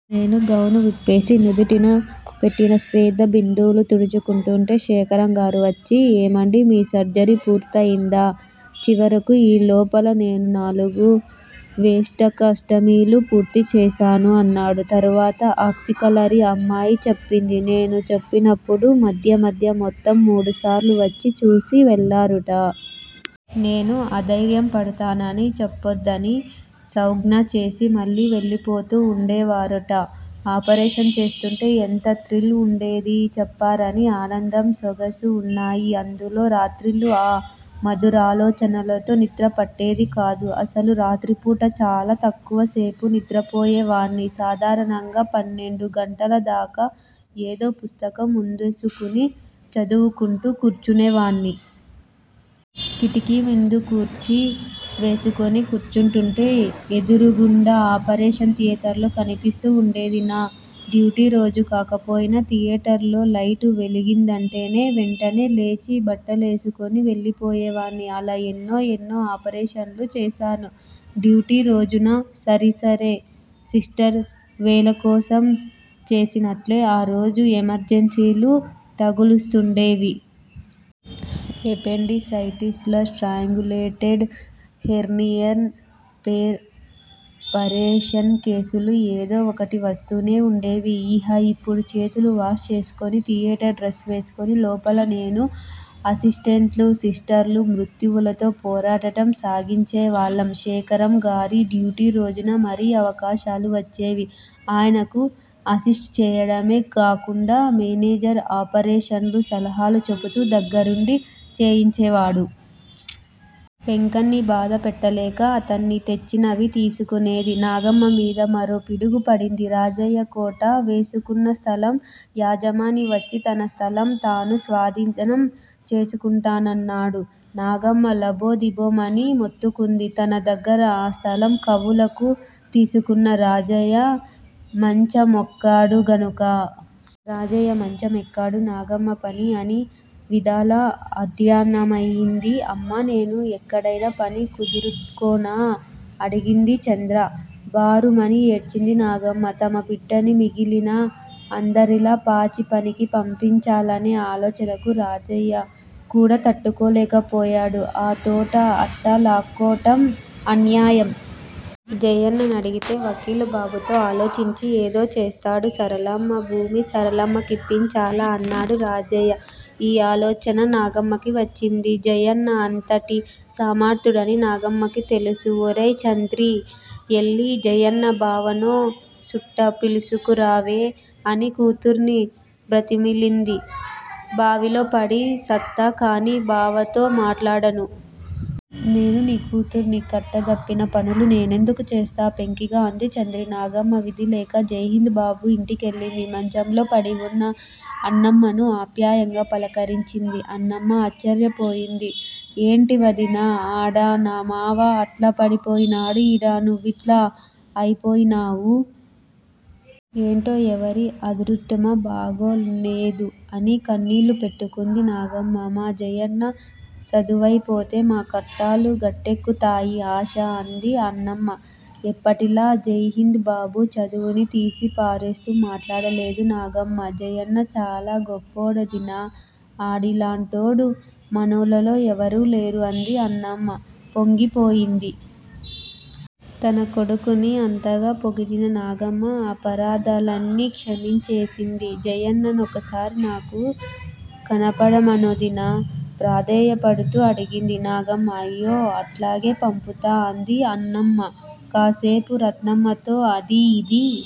నేను గౌను విప్పేసి, నుదిటిన పట్టిన స్వేద బిందువులు తుడుచుకుంటూంటే శేఖరం గారు వచ్చి ఏమండీ! మీ సర్జరీ పూర్తయిందా చివరకు? ఈ లోపల నేను నాలుగు వేస్టక్టమీలు పూర్తిచేశాను అన్నాడు. తర్వాత ఆక్సీకలరీ అమ్మాయి చెప్పింది. నేను చెప్పినప్పుడు మధ్య మధ్య మొత్తం మూడుసార్లు వచ్చి చూసి వెళ్ళారుట. నేను అధైర్యం పడతానని, చెప్పొద్దని సౌంజ్ఞ చేసి మళ్ళీ వెళ్ళిపోతూ వుండేవారట. ఆపరేషన్ చేస్తుంటే ఎంత థ్రిల్ వుండేది! చెప్పరాని ఆనందం, సొగసు వున్నాయి అందులో. రాత్రిళ్ళు ఆ మధురాలోచనలతో నిద్ర పట్టేదికాదు. అసలు రాత్రిపూట చాలా తక్కువ సేపు నిద్రపోయేవాణ్ని. సాధారణంగా పన్నెండు గంటల దాకా ఏదో పుస్తకం ముందేసుకోని చదువుకుంటూ కూర్చునేవాణ్ని. కిటికీ విందు కుర్చీ వేసుకోని కూర్చుంటుఉంటే ఎదురుగుండా ఆపరేషన్ థియేటర్లు కనిపిస్తూ వుండేది. నా డ్యూటీ రోజు కాకపోయినా, థియేటర్ లో లైటు వెలిగిందంటేనే వెంటనే లేచి బట్టలేసుకోని వెళ్ళి పోయేవాణ్ని. అలా ఎన్నో ఎన్నో ఆపరేషన్ లు చేశాను. డ్యూటీ రోజున సరిసరే. సిస్టర్స్ వేళాకోళం చేసినట్లే ఆ రోజు ఎమర్జన్సీలు తగుల్తూండేవి. ఎపెండిసైటిస్ లు, స్ట్రాంగ్యులేటెడ్ హెర్నియాన్, పెర్ ఫరేషన్ కేసులు ఏదో ఒకటి వస్తూనే వుండేది. ఇహ ఇప్పుడు చేతులు వాష్ చేసుకోని, థియేటర్ డ్రెస్ వేసుకుని, లోపల నేనూ, అసిస్టెంటూలు ,సిస్టర్లు, మృత్యువులతో పోరాటటం సాగించే వాళ్ళం. శేఖరం గారి డ్యూటీ రోజున మరీ అవకాశాలు వచ్చేవి. ఆయనకు అసిస్ చేయడమే గాకుండా మేజర్ ఆపరేషన్లు, సలహాలు చెబుతూ దగ్గరుండి చేయించేవాడు. వెంకణ్ని బాధ పెట్టలేక అతన్ని తెచ్చినవి తీసుకునేది. నాగమ్మ మీద మరో పిడుగు పడింది. రాజయ్య కోట వేసుకున్న స్థలం యజమాని వచ్చి తన స్థలం తాను స్వాధీతనం చేసుకుంటానన్నాడు. నాగమ్మ లబోదిబోమని మొత్తుకుంది! తన దగ్గర ఆ స్థలం కవులకు తీసుకున్న రాజయ్య మంచమెక్కాడు గనుక. రాజయ్య మంచమెక్కాడు, నాగమ్మపని అని విధాలా అద్యన్నమయింది! అమ్మా! నేను ఎక్కడయినా పని కుదురుకోనా? అడిగింది చంద్ర. బారుమని ఏడ్చింది నాగమ్మ. తమ బిడ్డని మిగిలిన అందరిలా పాచి పనికి పంపించాలనే ఆలోచనకు రాజయ్య కూడా తట్టుకోలేక పోయాడు. ఆ తోట అట్టా లాక్కోటం అన్యాయం. జయన్ననడిగితే వకీలు బాబుతో ఆలోచించి ఏదో చేస్తాడు. సరళమ్మ భూమి సరళమ్మకిప్పించలా? అన్నాడు రాజయ్య. ఈ ఆలోచన నాగమ్మకి వచ్చింది. జయన్న అంతటి సమర్ధుడని నాగమ్మకీ తెలుసు. ఒసేయ్! చంద్రీ! యెల్లి జయన్న బావనో సుట్ట పిలుసుకు రావే! అని కూతుర్ని బ్రతిమీలింది. బావిలో పడి సత్త కాని బావతో మాట్లాడను. నేను నీ కూతుర్ని. కట్టదప్పిన పనులు నేనెందుకు చేస్తా? పెంకిగా అంది చంద్రి. నాగమ్మ విధి లేక జైహింద్ బాబు ఇంటికెళ్ళింది. మంచంలో పడివున్న అన్నమ్మను ఆప్యాయంగా పలకరించింది. అన్నమ్మ ఆశ్చర్యపోయింది. ఏంటి వదినా, ఆడ నా మావ అట్లా పడిపోయినాడు. ఈడ నువ్విట్లా అయిపోయినావు. ఏంటో ఎవరి అదురుట్టమూ బాగోలేదు అని కన్నీళ్ళు పెట్టుకుంది నాగమ్మ. మా జయన్న సదువయిపోతే మా కట్టాలు గట్టెక్కుతయి ఆశ అంది అన్నమ్మ. ఎప్పటిలా జైహింద్ బాబు చదువుని తీసి పారేస్తూ మాట్లాడలేదు నాగమ్మ. జయన్న చాలా గొప్పోడొదినా! ఆడిలాంటోడు మనోల్లలో ఎవరులేరు అంది. అన్నమ్మ పొంగిపోయింది. తన కొడుకుని అంతగా పొగిడిన నాగమ్మ అపరాధాలన్నీ క్షమించేసింది. జయన్నఓక్కసారి నాకు కనపడమనొదినా! ప్రాధేయపడుతూ అడిగింది నాగమ్మ. అయ్యో! అట్లాగే పంపుతా! అంది అన్నమ్మ. కాసేపు రత్నమ్మతో అదీ ఇదీ